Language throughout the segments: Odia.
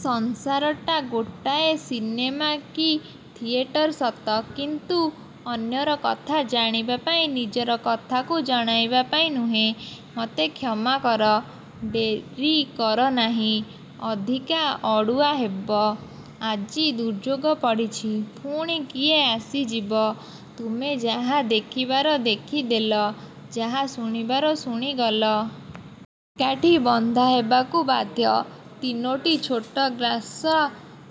ସଂସାରଟା ଗୋଟାଏ ସିନେମା କି ଥିଏଟର ସତ; କିନ୍ତୁ ଅନ୍ୟର କଥା ଜାଣିବା ପାଇଁ-ନିଜର କଥାକୁ ଜଣାଇବା ପାଇଁ ନୁହେଁ। -ମତେ କ୍ଷମା କର। -ଡେରି କର ନାହିଁ। ଅଧିକା ଅଡ଼ୁଆ ହେବ। ଆଜି ଦୁର୍ଯୋଗ ପଡ଼ିଛି। ପୁଣି କିଏ ଆସିଯିବ? ତୁମେ ଯାହା ଦେଖିବାର ଦେଖି ଦେଲ-ଯାହା ଶୁଣିବାର ଶୁଣିଗଲ। ଏକାଠି ବନ୍ଧା ହେବାକୁ ବାଧ୍ୟ। ତିନୋଟି ଛୋଟ ଗ୍ଲାସ୍ର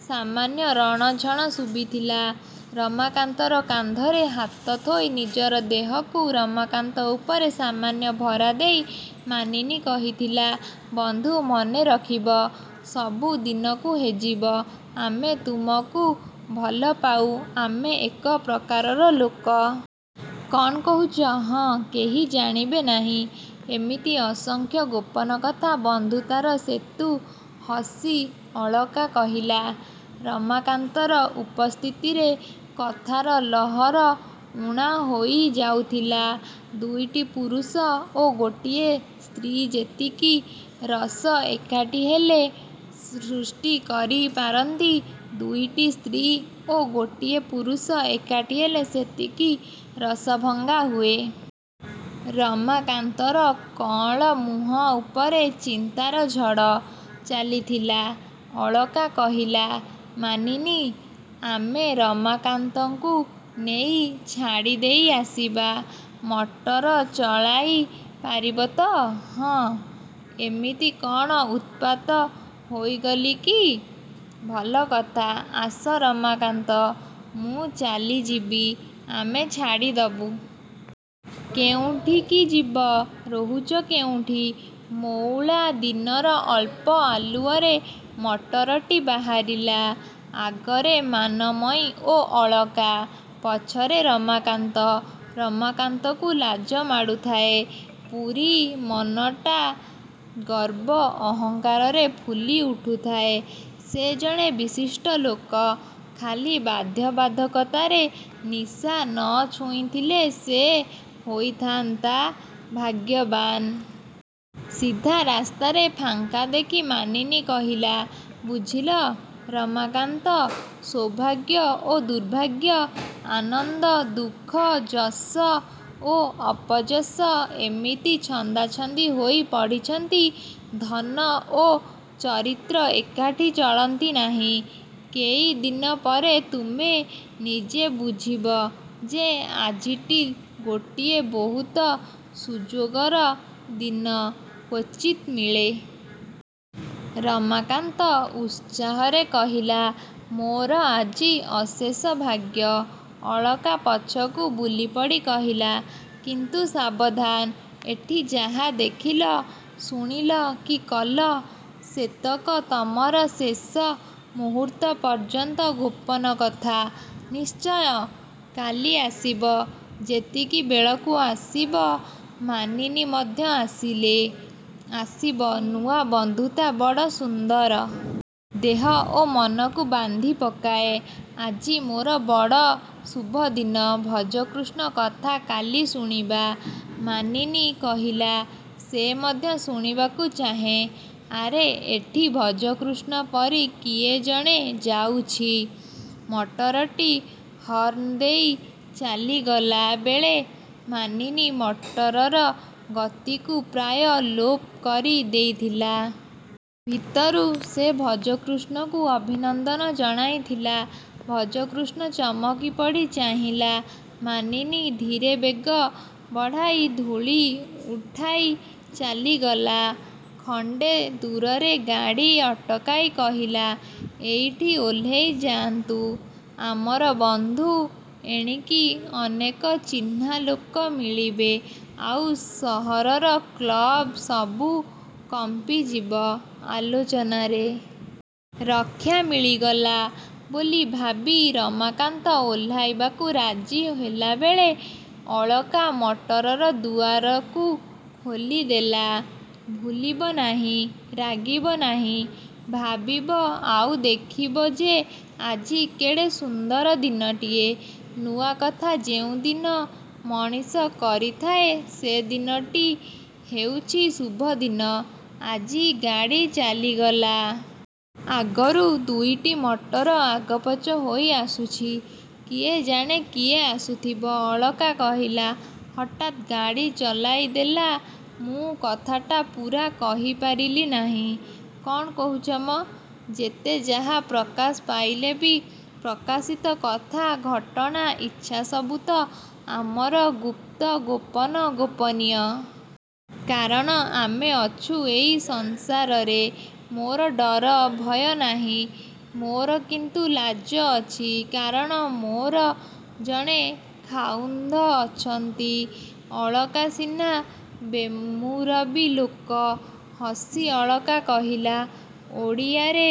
ସାମାନ୍ୟ ରଣଝଣ ଶୁଭିଥିଲା। ରମାକାନ୍ତର କାନ୍ଧରେ ହାତ ଥୋଇ ନିଜର ଦେହକୁ ରମାକାନ୍ତ ଉପରେ ସାମାନ୍ୟ ଭରା ଦେଇ ମାନିନୀ କହିଥିଲା-ବଂଧୁ, ମନେରଖିବ। ସବୁ ଦିନକୁ ହେଜିବ-ଆମେ ତୁମକୁ ଭଲ ପାଉ। ଆମେ ଏକ ପ୍ରକାରର ଲୋକ। କ'ଣ କହୁଛ? -ହଁ। କେହି ଜାଣିବେ ନାହିଁ। ଏମିତି ଅସଂଖ୍ୟ ଗୋପନ କଥା ବନ୍ଧୁତାର ସେତୁ। ହସି ଅଳକା କହିଲା। ରମାକାନ୍ତର ଉପସ୍ଥିତିରେ କଥାର ଲହର ଊଣା ହେଇ ଯାଉଥିଲା-ଦୁଇଟି ପୁରୁଷ ଓ ଗୋଟିଏ ସ୍ତ୍ରୀ ଯେତିକି ରସ ଏକାଠି ହେଲେ ସୃଷ୍ଟି କରି ପାରନ୍ତି, ଦୁଇଟି ସ୍ତ୍ରୀ ଓ ଗୋଟିଏ ପୁରୁଷ ଏକାଠି ହେଲେ ସେତିକି ରସଭଙ୍ଗ ହୁଏ। ରମାକାନ୍ତର କଅଁଳ ମୁହଁ ଉପରେ ଚିନ୍ତାର ଝଡ଼ ଚାଲିଥିଲା। ଅଳକା କହିଲା-ମାନିନୀ, ଆମେ ରମାକାନ୍ତଙ୍କୁ ନେଇ ଛାଡ଼ି ଦେଇ ଆସିବା। ମଟର ଚଳାଇ ପାରିବ ତ। -ହଁ, ଏମିତି କ'ଣ ଉତ୍ପାତ ହେଇଗଲି କି? -ଭଲ କଥା। -ଆସ ରମାକାନ୍ତ। -ମୁଁ ଚାଲିଯିବି। -ଆମେ ଛାଡ଼ି ଦବୁ। କେଉଁଠିକି ଯିବ? ରହୁଛ କେଉଁଠି? ମଉଳା ଦିନର ଅଳ୍ପ ଆଲୁଅରେ ମଟରଟି ବାହାରିଲା-ଆଗରେ ମାନମୟୀ ଓ ଅଳକା। ପଛରେ ରମାକାନ୍ତ। ରମାକାନ୍ତକୁ ଲାଜ ମାଡ଼ୁଥାଏ। ପୁରି ମନଟା ଗର୍ବ ଅହଙ୍କାରରେ ଫୁଲି ଉଠୁଥାଏ-ସେ ଜଣେ ବିଶିଷ୍ଟ ଲୋକ। ଖାଲି ବାଧ୍ୟବାଧକତାରେ ନିଶା ନ ଛୁଇଁଥିଲେ ସେ ହୋଇଥାନ୍ତା ଭାଗ୍ୟବାନ୍-। ସିଧା ରାସ୍ତାରେ ଫାଙ୍କା ଦେଖି ମାନିନୀ କହିଲା-ବୁଝିଲ ରମାକାନ୍ତ, ସୌଭାଗ୍ୟ ଓ ଦୁର୍ଭାଗ୍ୟ, ଆନନ୍ଦ, ଦୁଃଖ, ଯଶ ଓ ଅପଯଶ ଏମିତି ଛନ୍ଦାଛନ୍ଦି ହୋଇ ପଡ଼ିଛନ୍ତି। ଧନ ଓ ଚରିତ୍ର ଏକାଠି ଚଳନ୍ତି ନାହିଁ। କେଇ ଦିନ ପରେ ତୁମେ ନିଜେ ବୁଝିବ ଯେ ଆଜିଟି ଗୋଟିଏ ବହୁତ ସୁଯୋଗର ଦିନ-କ୍ୱଚିତ୍ ମିଳେ। ରମାକାନ୍ତ ଉତ୍ସାହରେ କହିଲା-ମୋର ଆଜି ଅଶେଷ ଭାଗ୍ୟ। ଅଳକା ପଛକୁ ବୁଲିପଡ଼ି କହିଲା-କିନ୍ତୁ ସାବଧାନ! ଏଠି ଯାହା ଦେଖିଲ, ଶୁଣିଲ କି କଲ ସେତକ ତମର ଶେଷ ମୁହୂର୍ତ୍ତ ପର୍ଯ୍ୟନ୍ତ ଗୋପନ କଥା। -ନିଶ୍ଚୟ। -କାଲି ଆସିବ। ସେତିକି ବେଳକୁ। ଆସିବ ମାନିନୀ ମଧ୍ୟ ଆସିଲେ ଆସିବ ନୂଆ ବନ୍ଧୁତା ବଡ଼ ସୁନ୍ଦର। ଦେହ ଓ ମନକୁ ବାନ୍ଧି ପକାଏ। ଆଜି ମୋର ବଡ଼ ଶୁଭଦିନ-ଭଜକୃଷ୍ଣ କଥା କାଲି ଶୁଣିବା। ମାନିନୀ କହିଲା-ସେ ମଧ୍ୟ ଶୁଣିବାକୁ ଚାହେଁ। ଆରେ ଏଠି ଭଜକୃଷ୍ଣ ପରି କିଏ ଜଣେ ଯାଉଛି। ମଟରଟି ହର୍ଣ୍ଣ ଦେଇ ଚାଲିଗଲା ବେଳେ ମାନିନୀ ମଟରର ଗତିକୁ ପ୍ରାୟ ଲୋପ କରି ଦେଇଥିଲା। ଭିତରୁ ସେ ଭଜକୃଷ୍ଣକୁ ଅଭିନନ୍ଦନ ଜଣାଇଥିଲା। ଭଜକୃଷ୍ଣ ଚମକି ପଡ଼ି ଚାହିଁଲା। ମାନିନୀ ଧୀରେ ବେଗ ବଢ଼ାଇ ଧୂଳି ଉଠାଇ ଚାଲିଗଲା। ଖଣ୍ଡେ ଦୂରରେ ଗାଡ଼ି ଅଟକାଇ କହିଲା-ଏଇଠି ଓହ୍ଲେଇଯାନ୍ତୁ-ଆମର ବନ୍ଧୁ। ଏଣିକି ଅନେକ ଚିହ୍ନା ଲୋକ ମିଳିବେ। ଆଉ ସହରର କ୍ଲବ ସବୁ କମ୍ପିଯିବ ଆଲୋଚନାରେ। ରକ୍ଷା ମିଳିଗଲା ବୋଲି ଭାବି ରମାକାନ୍ତ ଓହ୍ଲାଇବାକୁ ରାଜି ହେଲାବେଳେ ଅଳକା ମଟରର ଦୁଆରକୁ ଖୋଲିଦେଲା। -ଭୁଲିବ ନାହିଁ। ରାଗିବ ନାହିଁ। -ଭାବିବ ଆଉ ଦେଖିବ ଯେ ଆଜି କେଡ଼େ ସୁନ୍ଦର ଦିନଟିଏ-ନୂଆ କଥା ଯେଉଁଦିନ ମଣିଷ କରିଥାଏ ସେ ଦିନଟି ହେଉଛି ଶୁଭଦିନ। ଆଜି ଗାଡ଼ି ଚାଲିଗଲା। ଆଗରୁ ଦୁଇଟି ମଟର ଆଗପଛ ହୋଇ ଆସୁଛି। କିଏ ଜାଣେ କିଏ ଆସୁଥିବ। ଅଳକା କହିଲା-ହଠାତ୍ ଗାଡ଼ି ଚଳାଇ ଦେଲା। ମୁଁ କଥାଟା ପୂରା କହି ପାରିଲି ନାହିଁ। -କ'ଣ କହୁଛ ମ? ଯେତେ ଯାହା ପ୍ରକାଶ ପାଇଲେ ବି ପ୍ରକାଶିତ କଥା, ଘଟଣା, ଇଚ୍ଛା ସବୁ ତ ଆମର ଗୁପ୍ତ-ଗୋପନ-ଗୋପନୀୟ। କାରଣ ଆମେ ଅଛୁ ଏଇ ସଂସାରରେ। -ମୋର ଡର ଭୟ ନାହିଁ। -ମୋର କିନ୍ତୁ ଲାଜ ଅଛି। କାରଣ ମୋର ଜଣେ ଖାଉନ୍ଦ ଅଛନ୍ତି। ଅଳକା ସିନା ବେମୁରବି ଲୋକ। ହସି ଅଳକା କହିଲା-ଓଡ଼ିଆରେ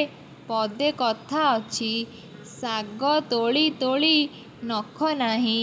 ପଦେ କଥା ଅଛି। -ଶାଗ ତୋଳି ତୋଳି ନଖ ନାହିଁ।